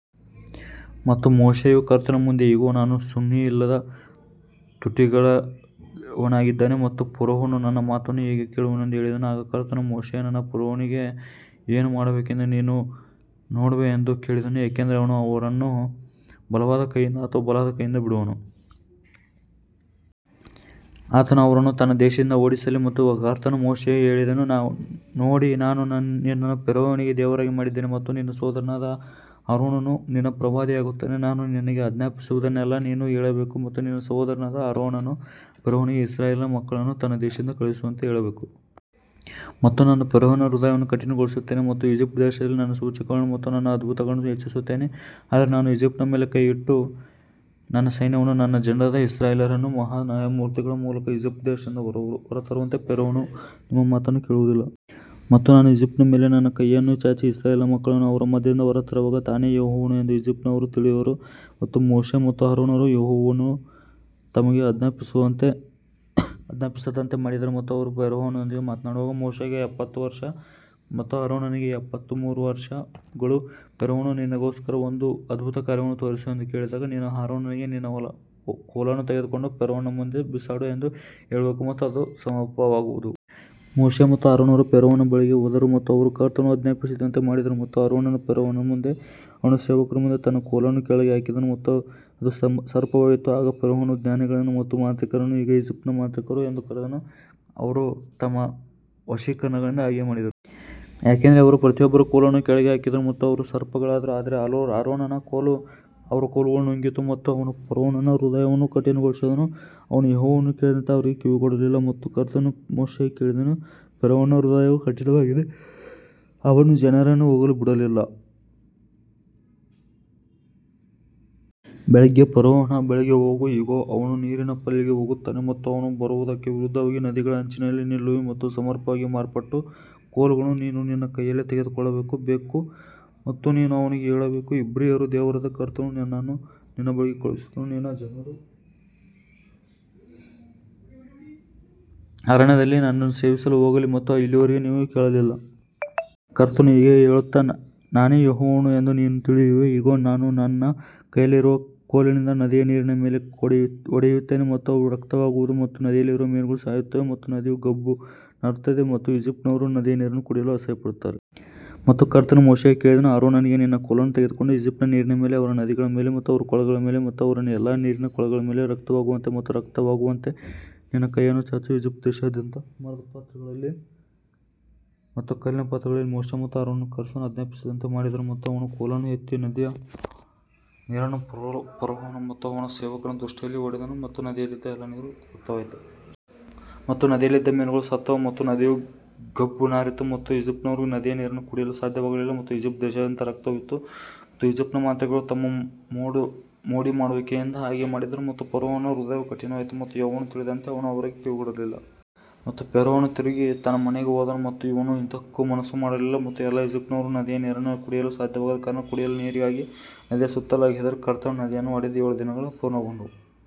ಮತ್ತು ಮೋಶೆಯು ಕರ್ತನ ಮುಂದೆ ಇಗೋ ನಾನು ಸುನ್ನತಿಯಿಲ್ಲದ ತುಟಿಗಳವನಾಗಿದ್ದೇನೆ ಮತ್ತು ಫರೋಹನು ನನ್ನ ಮಾತನ್ನು ಹೇಗೆ ಕೇಳುವನು ಎಂದು ಹೇಳಿದನು, ಆಗ ಕರ್ತನು ಮೋಶೆಗೆ ನಾನು ಫರೋಹನಿಗೆ ಏನು ಮಾಡಬೇಕೆಂದು ನೀನು ನೋಡುವೆ ಎಂದು ಹೇಳಿದನು ಏಕೆಂದರೆ ಅವನು ಅವರನ್ನು ಬಲವಾದ ಕೈಯಿಂದ ಮತ್ತು ಬಲವಾದ ಕೈಯಿಂದ ಬಿಡುವನು. ಆತನು ಅವರನ್ನು ತನ್ನ ದೇಶದಿಂದ ಓಡಿಸಲಿ ಮತ್ತು ಕರ್ತನು ಮೋಶೆಗೆ ಹೇಳಿದನು ನೋಡಿ ನಾನು ನಿನ್ನನ್ನು ಫರೋಹನಿಗೆ ದೇವರಾಗಿ ಮಾಡಿದ್ದೇನೆ ಮತ್ತು ನಿನ್ನ ಸಹೋದರನಾದ ಆರೋನನು ನಿನ್ನ ಪ್ರವಾದಿಯಾಗುತ್ತಾನೆ. ನಾನು ನಿನಗೆ ಆಜ್ಞಾಪಿಸುವುದನ್ನೆಲ್ಲಾ ನೀನು ಹೇಳಬೇಕು ಮತ್ತು ನಿನ್ನ ಸಹೋದರನಾದ ಆರೋನನು ಫರೋಹನಿಗೆ ಇಸ್ರಾಯೇಲ್ ಮಕ್ಕಳನ್ನು ತನ್ನ ದೇಶದಿಂದ ಕಳುಹಿಸುವಂತೆ ಹೇಳಬೇಕು. ಮತ್ತು ನಾನು ಫರೋಹನ ಹೃದಯವನ್ನು ಕಠಿಣಗೊಳಿಸುತ್ತೇನೆ ಮತ್ತು ಈಜಿಪ್ಟ್ ದೇಶದಲ್ಲಿ ನನ್ನ ಸೂಚಕಗಳನ್ನು ಮತ್ತು ನನ್ನ ಅದ್ಭುತಗಳನ್ನು ಹೆಚ್ಚಿಸುತ್ತೇನೆ ಆದರೆ ನಾನು ಈಜಿಪ್ಟಿನ ಮೇಲೆ ಕೈಯಿಟ್ಟು ನನ್ನ ಸೈನ್ಯವನ್ನೂ ನನ್ನ ಜನರಾದ ಇಸ್ರಾಯೇಲ್ಯರನ್ನೂ ಮಹಾ ನ್ಯಾಯತೀರ್ಪುಗಳ ಮೂಲಕ ಈಜಿಪ್ಟ್ ದೇಶದಿಂದ ಹೊರತರುವಂತೆ ಫರೋಹನು ನಿಮ್ಮ ಮಾತನ್ನು ಕೇಳುವದಿಲ್ಲ. ಮತ್ತು ನಾನು ಈಜಿಪ್ಟಿನ ಮೇಲೆ ನನ್ನ ಕೈಯನ್ನು ಚಾಚಿ ಇಸ್ರಾಯೇಲ್ ಮಕ್ಕಳನ್ನು ಅವರ ಮಧ್ಯದಿಂದ ಹೊರತರುವಾಗ ನಾನೇ ಯೆಹೋವನು ಎಂದು ಈಜಿಪ್ಟಿನವರು ತಿಳಿಯುವರು. ಮತ್ತು ಮೋಶೆ ಮತ್ತು ಆರೋನರು ಯೆಹೋವನು ತಮಗೆ ಆಜ್ಞಾಪಿಸಿದಂತೆ ಮಾಡಿದರು ಮತ್ತು ಅವರು ಫರೋಹನೊಂದಿಗೆ ಮಾತನಾಡುವಾಗ ಮೋಶೆಗೆ ಎಪ್ಪತ್ತು ವರ್ಷ ಮತ್ತು ಆರೋನನಿಗೆ ಎಪ್ಪತ್ತು ಮೂರು ವರ್ಷಗಳು ಫರೋಹನು ನಿನಗೋಸ್ಕರ ಒಂದು ಅದ್ಭುತಕಾರ್ಯವನ್ನು ತೋರಿಸು ಎಂದು ಹೇಳಿದಾಗ ನೀನು ಆರೋನನಿಗೆ ನಿನ್ನ ಕೋಲನ್ನು ತೆಗೆದುಕೊಂಡು ಫರೋಹನ ಮುಂದೆ ಬಿಸಾಡು ಎಂದು ಹೇಳಬೇಕು ಮತ್ತು ಅದು ಸರ್ಪವಾಗುವುದು. ಮೋಶೆ ಮತ್ತು ಆರೋನರು ಫರೋಹನ ಬಳಿಗೆ ಹೋದರು ಮತ್ತು ಅವರು ಕರ್ತನು ಆಜ್ಞಾಪಿಸಿದಂತೆ ಮಾಡಿದರು ಮತ್ತು ಆರೋನನು ಫರೋಹನ ಮುಂದೆ ಮತ್ತು ಅವನ ಸೇವಕರ ಮುಂದೆ ತನ್ನ ಕೋಲನ್ನು ಕೆಳಗೆ ಹಾಕಿದನು ಮತ್ತು ಅದು ಸರ್ಪವಾಯಿತು. ಆಗ ಫರೋಹನು ಜ್ಞಾನಿಗಳನ್ನು ಮತ್ತು ಮಾಂತ್ರಿಕರನ್ನು ಈಗ ಈಜಿಪ್ಟಿನ ಮಾಂತ್ರಿಕರು ಎಂದು ಕರೆದನು, ಅವರು ತಮ್ಮ ವಶೀಕರಣಗಳಿಂದ ಹಾಗೆಯೇ ಮಾಡಿದರು. ಯಾಕಂದರೆ ಅವರು ಪ್ರತಿಯೊಬ್ಬರ ಕೋಲನ್ನು ಕೆಳಗೆ ಹಾಕಿದರು ಮತ್ತು ಅವರು ಸರ್ಪಗಳಾದರು ಆದರೆ ಆರೋನನ ಕೋಲು ಅವರ ಕೋಲುಗಳನ್ನು ನುಂಗಿತು. ಮತ್ತು ಅವನು ಫರೋಹನ ಹೃದಯವನ್ನು ಕಠಿಣಗೊಳಿಸಿದನು, ಅವನು ಯೆಹೋವನು ಹೇಳಿದಂತೆ ಅವರಿಗೆ ಕಿವಿಗೊಡಲಿಲ್ಲ ಮತ್ತು ಕರ್ತನು ಮೋಶೆಗೆ ಹೇಳಿದನು, ಫರೋಹನ ಹೃದಯವು ಕಠಿಣವಾಗಿದೆ, ಅವನು ಜನರನ್ನು ಹೋಗಲು ಬಿಡಲಿಲ್ಲ. ಬೆಳಿಗ್ಗೆ ಫರೋಹನ ಬಳಿಗೆ ಹೋಗು, ಇಗೋ ಅವನು ನೀರಿನ ಬಳಿಗೆ ಹೋಗುತ್ತಾನೆ ಮತ್ತು ಅವನು ಬರುವುದಕ್ಕೆ ವಿರುದ್ಧವಾಗಿ ನದಿಗಳ ಅಂಚಿನಲ್ಲಿ ನಿಲ್ಲುವಿ ಮತ್ತು ಸರ್ಪವಾಗಿ ಮಾರ್ಪಟ್ಟ ಕೋಲನ್ನು ನೀನು ನಿನ್ನ ಕೈಯಲ್ಲಿ ತೆಗೆದುಕೊಳ್ಳಬೇಕು. ಮತ್ತು ನೀನು ಅವನಿಗೆ ಹೇಳಬೇಕು, ಇಬ್ರಿಯರ ದೇವರಾದ ಕರ್ತನು ನನ್ನನ್ನು ನಿನ್ನ ಬಳಿಗೆ ಕಳುಹಿಸಿದನು ನನ್ನ ಜನರು ಅರಣ್ಯದಲ್ಲಿ ನನ್ನನ್ನು ಸೇವಿಸಲು ಹೋಗಲಿ ಮತ್ತು ಇಲ್ಲಿಯವರೆಗೆ ನೀವು ಕೇಳಲಿಲ್ಲ. ಕರ್ತನು ಹೀಗೆ ಹೇಳುತ್ತ ನಾನೇ ಯೆಹೋವನು ಎಂದು ನೀನು ತಿಳಿಯುವೆ ಇಗೋ ನಾನು ನನ್ನ ಕೈಯಲ್ಲಿರುವ ಕೋಲಿನಿಂದ ನದಿಯ ನೀರಿನ ಮೇಲೆ ಹೊಡೆಯುತ್ತೇನೆ ಮತ್ತು ಅವು ರಕ್ತವಾಗುವುದು ಮತ್ತು ನದಿಯಲ್ಲಿರುವ ಮೀನುಗಳು ಸಾಯುತ್ತವೆ ಮತ್ತು ನದಿಯು ಗಬ್ಬು ನಾರುತ್ತದೆ ಮತ್ತು ಈಜಿಪ್ಟಿನವರು ನದಿಯ ನೀರನ್ನು ಕುಡಿಯಲು ಅಸಹ್ಯಪಡುತ್ತಾರೆ. ಮತ್ತು ಕರ್ತನು ಮೋಶೆಗೆ ಹೇಳಿದನು ಆರೋನನಿಗೆ ನಿನ್ನ ಕೋಲನ್ನು ತೆಗೆದುಕೊಂಡು ಈಜಿಪ್ಟಿನ ನೀರಿನ ಮೇಲೆ ಅವರ ನದಿಗಳ ಮೇಲೆ ಮತ್ತು ಅವರ ಕೊಳಗಳ ಮೇಲೆ ಮತ್ತು ಅವರ ಎಲ್ಲಾ ನೀರಿನ ಕೊಳಗಳ ಮೇಲೆ ರಕ್ತವಾಗುವಂತೆ ಮತ್ತು ರಕ್ತವಾಗುವಂತೆ ನಿನ್ನ ಕೈಯನ್ನು ಚಾಚು. ಈಜಿಪ್ಟ್ ದೇಶದಾದ್ಯಂತ ಮರದ ಪಾತ್ರೆಗಳಲ್ಲಿ ಮತ್ತು ಕಲ್ಲಿನ ಪಾತ್ರೆಗಳಲ್ಲಿ ಮೋಶೆ ಮತ್ತು ಆರೋನರು ಕರ್ತನು ಆಜ್ಞಾಪಿಸಿದಂತೆ ಮಾಡಿದರು ಮತ್ತು ಅವನು ಕೋಲನ್ನು ಎತ್ತಿ ನದಿಯ ನೀರನ್ನು ಫರೋಹನ ಮತ್ತು ಅವನ ಸೇವಕರ ದೃಷ್ಟಿಯಲ್ಲಿ ಹೊಡೆದನು ಮತ್ತು ನದಿಯಲ್ಲಿದ್ದ ಎಲ್ಲಾ ನೀರು ರಕ್ತವಾಯಿತು. ಮತ್ತು ನದಿಯಲ್ಲಿದ್ದ ಮೀನುಗಳು ಸತ್ತವು ಮತ್ತು ನದಿಯು ಗಬ್ಬು ನಾರಿತು ಮತ್ತು ಈಜಿಪ್ಟಿನವರು ನದಿಯ ನೀರನ್ನು ಕುಡಿಯಲು ಸಾಧ್ಯವಾಗಲಿಲ್ಲ ಮತ್ತು ಈಜಿಪ್ಟ್ ದೇಶದಾದ್ಯಂತ ರಕ್ತವು ಇತ್ತು. ಮತ್ತು ಈಜಿಪ್ಟಿನ ಮಾಂತ್ರಿಕರು ತಮ್ಮ ಮೋಡಿಮಾಡುವಿಕೆಯಿಂದ ಹಾಗೆ ಮಾಡಿದರು ಮತ್ತು ಫರೋಹನ ಹೃದಯವು ಕಠಿಣವಾಯಿತು ಮತ್ತು ಯೆಹೋವನು ಹೇಳಿದಂತೆ ಅವನು ಅವರಿಗೆ ಕಿವಿಗೊಡಲಿಲ್ಲ. ಮತ್ತು ಫರೋಹನು ತಿರುಗಿ ತನ್ನ ಮನೆಗೆ ಹೋದನು ಮತ್ತು ಅವನು ಇದಕ್ಕೂ ಮನಸ್ಸು ಮಾಡಲಿಲ್ಲ ಮತ್ತು ಎಲ್ಲಾ ಈಜಿಪ್ಟಿನವರು ನದಿಯ ನೀರನ್ನು ಕುಡಿಯಲು ಸಾಧ್ಯವಾಗದ ಕಾರಣ ಕುಡಿಯಲು ನೀರಿಗಾಗಿ ನದಿಯ ಸುತ್ತಲೂ ಅಗೆದರು. ಕರ್ತನು ನದಿಯನ್ನು ಹೊಡೆದು ಏಳು ದಿನಗಳು ಪೂರ್ಣಗೊಂಡವು.